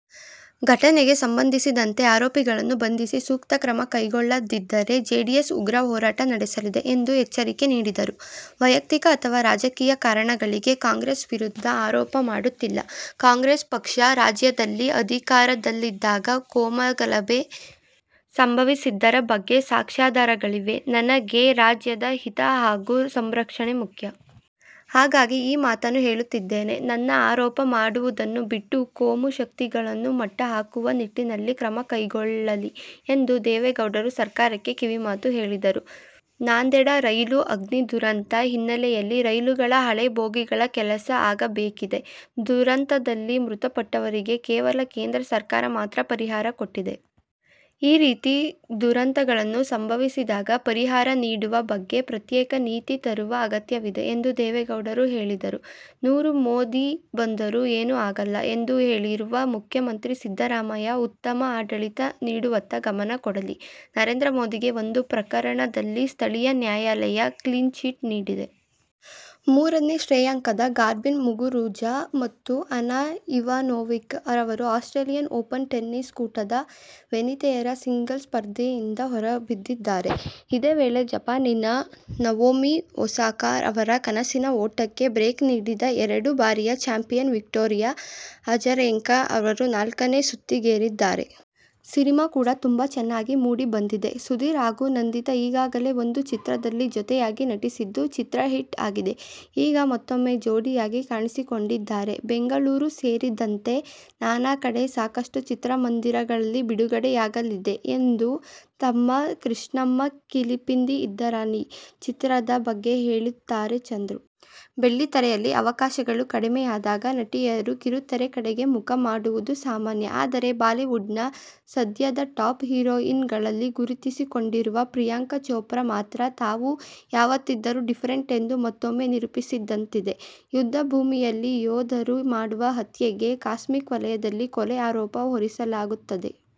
ಘಟನೆಗೆ ಸಂಬಂಧಿಸಿದಂತೆ ಆರೋಪಿಗಳನ್ನು ಬಂಧಿಸಿ ಸೂಕ್ತ ಕ್ರಮ ಕೈಗೊಳ್ಳದಿದ್ದರೆ ಜೆಡಿಎಸ್ ಉಗ್ರ ಹೋರಾಟ ನಡೆಸಲಿದೆ ಎಂದು ಎಚ್ಚರಿಕೆ ನೀಡಿದರು. ವೈಯಕ್ತಿಕ ಅಥವಾ ರಾಜಕೀಯ ಕಾರಣಗಳಿಗೆ ಕಾಂಗ್ರೆಸ್ ವಿರುದ್ಧ ಆರೋಪ ಮಾಡುತ್ತಿಲ್ಲ. ಕಾಂಗ್ರೆಸ್ ಪಕ್ಷ ರಾಜ್ಯದಲ್ಲಿ ಅಧಿಕಾರದಲ್ಲಿದ್ದಾಗ ಕೋಮಗಲಭೆ ಸಂಭವಿಸಿದ್ದರ ಬಗ್ಗೆ ಸಾಕ್ಷ್ಯಾಧರಗಳಿವೆ. ನನಗೆ ರಾಜ್ಯದ ಹಿತ ಹಾಗೂ ಸುರಕ್ಷತೆ ಮುಖ್ಯ. ಹಾಗಾಗಿ ಈ ಮಾತನ್ನು ಹೇಳುತ್ತಿದ್ದೇನೆ. ನನ್ನ ಆರೋಪ ಮಾಡುವುದನ್ನು ಬಿಟ್ಟು, ಕೋಮುಶಕ್ತಿಗಳನ್ನು ಮಟ್ಟ ಹಾಕುವ ನಿಟ್ಟಿನಲ್ಲಿ ಕ್ರಮ ಕೈಗೊಳ್ಳಲಿ ಎಂದು ದೇವೇಗೌಡರು ಸರ್ಕಾರಕ್ಕೆ ಕಿವಿಮಾತು ಹೇಳಿದರು. ನಾಂದೇಡ ರೈಲು ಅಗ್ನಿ ದುರಂತ ಹಿನ್ನೆಲೆಯಲ್ಲಿ ರೈಲುಗಳ ಹಳೆ ಬೋಗಿಗಳ ಕೆಲಸ ಆಗಬೇಕಿದೆ. ದುರಂತದಲ್ಲಿ ಮೃತಪಟ್ಟವರಿಗೆ ಕೇವಲ ಕೇಂದ್ರ ಸರ್ಕಾರ ಮಾತ್ರ ಪರಿಹಾರ ಕೊಟ್ಟಿದೆ. ಈ ರೀತಿ ದುರಂತಗಳನ್ನು ಸಂಭವಿಸಿದಾಗ ಪರಿಹಾರ ನೀಡುವ ಬಗ್ಗೆ ಪ್ರತ್ಯೇಕ ನೀತಿ ತರುವ ಅಗತ್ಯವಿದೆ ಎಂದು ದೇವೇಗೌಡರು ಹೇಳಿದರು. ನೂರು ಮೋದಿ ಬಂದರೂ ಏನೂ ಆಗಲ್ಲ ಎಂದು ಹೇಳಿರುವ ಮುಖ್ಯಮಂತ್ರಿ ಸಿದ್ದರಾಮಯ್ಯ ಉತ್ತಮ ಆಡಳಿತ ನೀಡುವತ್ತ ಗಮನ ಕೊಡಲಿ. ನರೇಂದ್ರ ಮೋದಿಗೆ ಒಂದು ಪ್ರಕರಣದಲ್ಲಿ ಸ್ಥಳೀಯ ನ್ಯಾಯಲಯ ಕ್ಲೀನ್ ಚೀಟ್ ನೀಡಿದೆ. ಮೂರನೇ ಶ್ರೇಯಾಂಕದ ಗಾರ್ಬಿನ್ ಮುಗುರುಜಾ ಮತ್ತು ಅನಾ ಇವಾನೋವಿಕ್ ಅವರು ಆಸ್ಟ್ರೇಲಿಯನ್ ಓಪನ್ ಟೆನಿಸ್ ಕೂಟದ ವನಿತೆಯರ ಸಿಂಗಲ್ಸ್ ಸ್ಪರ್ಧೆಯಿಂದ ಹೊರಬಿದ್ದಿದ್ದಾರೆ. ಇದೇ ವೇಳೆ ಜಪಾನಿನ ನವೋಮಿ ಒಸಾಕಾ ಅವರ ಕನಸಿನ ಓಟಕ್ಕೆ ಬ್ರೇಕ್ ನೀಡಿದ ಎರಡು ಬಾರಿಯ ಚಾಂಪಿಯನ್ ವಿಕ್ಟೋರಿಯಾ ಅಜರೆಂಕಾ ಅವರು ನಾಲ್ಕನೇ ಸುತ್ತಿಗೇರಿದ್ದಾರೆ. ಸಿನಿಮಾ ಕೂಡಾ ತುಂಬಾ ಚೆನ್ನಾಗಿ ಮೂಡಿಬಂದಿದೆ. ಸುಧೀರ್ ಹಾಗೂ ನಂದಿತಾ ಈಗಾಗಲೇ ಒಂದು ಚಿತ್ರದಲ್ಲಿ ಜೊತೆಯಾಗಿ ನಟಿಸಿದ್ದು, ಚಿತ್ರ ಹಿಟ್ ಆಗಿದೆ. ಈಗ ಮತ್ತೂಮ್ಮೆ ಜೋಡಿಯಾಗಿ ಕಾಣಿಸಿಕೊಂಡಿದ್ದಾರೆ. ಬೆಂಗಳೂರು ಸೇರಿದಂತೆ ನಾನಾ ಕಡೆ ಸಾಕಷ್ಟು ಚಿತ್ರಮಂದಿರಗಳಲ್ಲಿ ಬಿಡುಗಡೆಯಾಗಲಿದೆ' ಎಂದು ತಮ್ಮ "ಕೃಷ್ಣಮ್ಮ ಕಲಿಪಿಂದಿ ಇದ್ದಾರನಿ' ಚಿತ್ರದ ಬಗ್ಗೆ ಹೇಳುತ್ತಾರೆ ಚಂದ್ರು. ಬೆಳ್ಳಿತೆರೆಯಲ್ಲಿ ಅವಕಾಶಗಳು ಕಡಿಮೆಯಾದಾಗ ನಟಿಯರು ಕಿರುತೆರೆ ಕಡೆಗೆ ಮುಖ ಮಾಡುವುದು ಸಾಮಾನ್ಯ. ಆದರೆ ಬಾಲಿವುಡ್ ನ ಸದ್ಯದ ಟಾಪ್ ಹಿರೋಯಿನ್ ಗಳಲ್ಲಿ ಗುರುತಿಸಿಕೊಂಡಿರುವ ಪ್ರಿಯಾಂಕ ಚೋಪ್ರಾ ಮಾತ್ರ ತಾವು ಯಾವತ್ತಿದ್ದರು ಡಿಫರೆಂಟ್ ಎಂದು ಮತ್ತೊಮ್ಮೆ ನಿರೂಪಿಸಿದಂತಿದೆ. ಯುದ್ದ ಭೂಮಿಯಲ್ಲಿ ಯೋಧರು ಮಾಡುವ ಹತ್ಯೆಗೆ ಕಾಸ್ಮಿಕ್ ವಲಯದಲ್ಲಿ ಕೊಲೆ ಆರೋಪ ಹೊರಿಸಲಾಗುತ್ತದೆ.